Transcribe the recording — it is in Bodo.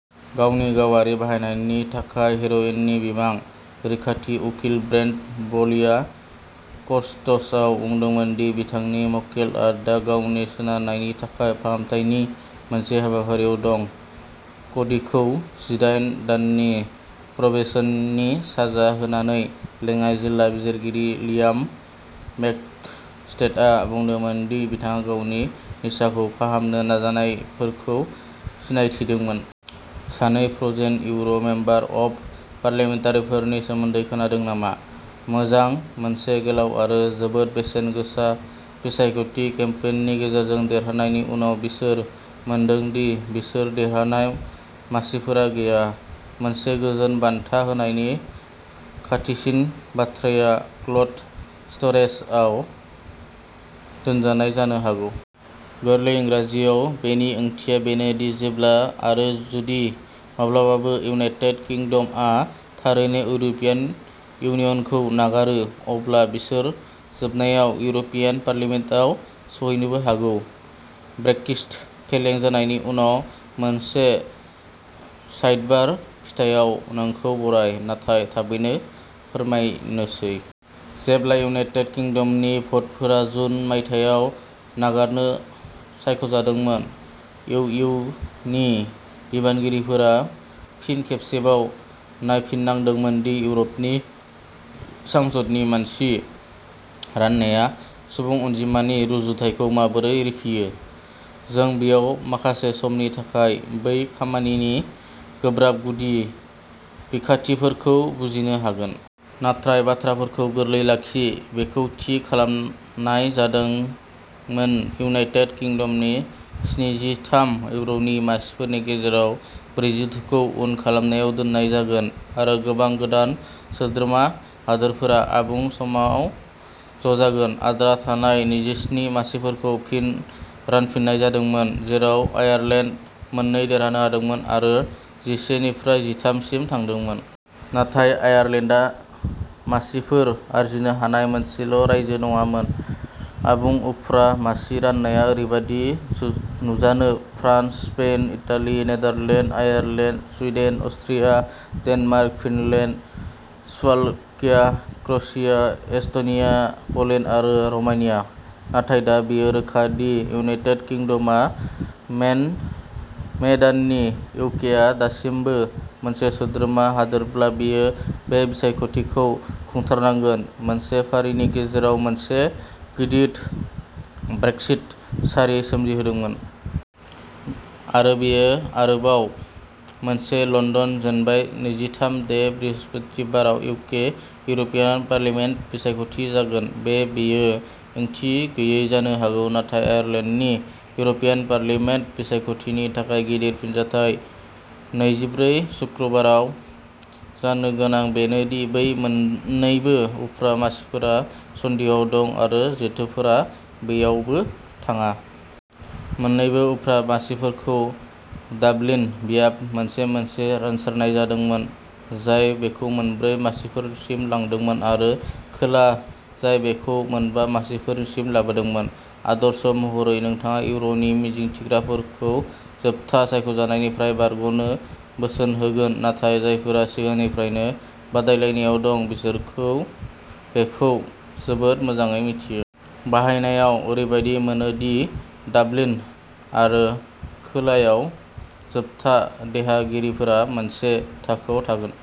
गावनि गावारि बाहायनायनि थाखाय हेर'इननि बिबां। रैखाथि उकिल ब्रेन्डन ब्लेनिया कच'र्टआव बुंदोंमोन दि बिथांनि मक्केलआ दा गावनि सोनारनायनि थाखाय फाहामथायनि मोनसे हाबाफारिआव दं। क'डीखौ जिदाइन दाननि प्रबेशननि साजा होनानै लेङाइ जिल्ला बिजिरगिरि लियाम मेकस्टेआ बुंदोंमोन दि बिथाङा गावनि निसाखौ फाहामनो नाजानायफोरखौ सिनायथिदोंमोन। सानै फ्र'जेन इउर' मेम्बार अब फार्लियामेन्टफोरनि सोमोन्दै खोनादों नामा? मोजां मोनसे गोलाव आरो जोबोद बेसेन गोसा बिसायख'थि केम्पेइननि गेजेरजों देरहानायनि उनाव बिसोरो मोनदों दि बिसोर देरहानाय मासिफोरा गैया। मोनसे गोजोन बान्था होनायनि खाथिसिन बाथ्राया "क'ल्ड स्ट'रेज" आव दोनजानाय जानो हागौ। गोरलै इंराजियाव, बेनि ओंथिया बेनो दि जेब्ला, आरो जुदि माब्लाबाबो, इउनाइटेड किंडमआ थारैनो इउर'पियान इउनियनखौ नागारो, अब्ला बिसोरो जोबनायाव इउर'पियान पार्लियामेन्टआव सौहैनो हागौ। ब्रेक्सिट फेलें जानायनि गुबुन मोनसे साइडबार फिथायाव नोंखौ बराय। नाथाय थाबैनो फोरमायनोसै। जेब्ला इउनाइटेट किंदमनि भटफोरा जुन मायथाइयाव नागारनो सायख'दोंमोन, इउ इउ नि बिबानगिरिफोरा फिन खेबसेबाव नायफिननांदोंमोनदि इउर'पनि संसदनि मासि राननाया सुबुं अनजिमानि रुजुथायखौ माबोरै रिफियो। जों बेयाव माखासे समनि थाखाय बै खामानिनि गोब्राब गुदि खिथाफोरखौ बुजिनो हागोन। नाथाय बाथ्राफोरखौ गोरलै लाखि। बेखौ थि खालामनाय जादोंमोन दिइउनाइटेट किंदमनि स्निजिथाम इउर'नि मासिफोरनि गेजेराव ब्रैजिद'खौ उन खामनायाव दोननाय जागोन आरो गोबां गोदान सोद्रोमा हादोरफोरा आबुं समाव ज'जागोन। आद्रा थानाय नैजिस्नि मासिफोरखौ फिन रानफिननाय जादोंमोन, जेराव आयारलेन्डआ मोननै देरहादोंमोन आरो जिसे निफ्राय जिथाम सिम थांदोंमोन। नाथाय आयारलेन्डआ मासिफोर आरजिनो हानाय मोनसेल' रायजो नङामोन। आबुं उफ्रा मासि राननाया ओरैबायदि नुजायो France, Spain, Italy, Netherland, Ireland, Sweden, Austria, Denmark, Finland, Slovakia, Croatia, Estonia, Poland आरो र'मानिया। नाथाय दा बेयो रोखा दि इइउनाइटेट किंदमआ मेन मे दाननि इउकेआ दासिमबो मोनसे सोद्रोमा हादोरब्ला, बियो बे बिसायख'थिफोरखौ खुंथारनांगोन, मोनसे फारिनि गेजेराव मोनसे गिदिर ब्रेक्सिट सारि सोमजिहोगोन। आरो बेयो आरोबाव मोनसे लण्डन जेनबाय नैजिथाम मे बृहस्पतिबाराव इउके इउर'पियान पार्लियामेन्ट बिसायख'थि जागोन, बे बेयो ओंथि गैयै जानो हागौ। नाथाय आयारलेन्डनि इउर'पियान पार्लियामेन्ट बिसायख'थिनि थाखाय गिदिर फिथाय नैजिब्रै सुक्रुबाराव जानो गोनां बेनो दि बै मोन्नैबो उफ्रा मासिफोरा सन्देहआव दं आरो जेथोफोरा बैयावबो थाङा। मोन्नैबो उफ्रा मासिफोरखौ डाबलिन बियाबाव मोनसे-मोनसे रानसारनाय जादोंमोन, जाय बेखौ मोनब्रै मासिफोरसिम लांदोंमोन आरो खोला, जाय बेखौ मोनबा मासिफोरसिम लाबोदोंमोन। आदर्श महरै नोंथाङा इउर'नि मिजिंथिग्राफोरखौ जोबथा सायख'जानायनिफ्राय बारग'नो बोसोन होगोन। नाथाय जायफोरा सिगांनिफ्रायनो बादायलायनायाव दं, बिसोरखौ बेखौ जोबोद मोजाङै मिथियो। बाहायनायाव ओरैबादि मोनो दि डाबलिन आरो खोलायाव जोबथा देरहागिरिफोरा मोनसे थाखोआव थागोन।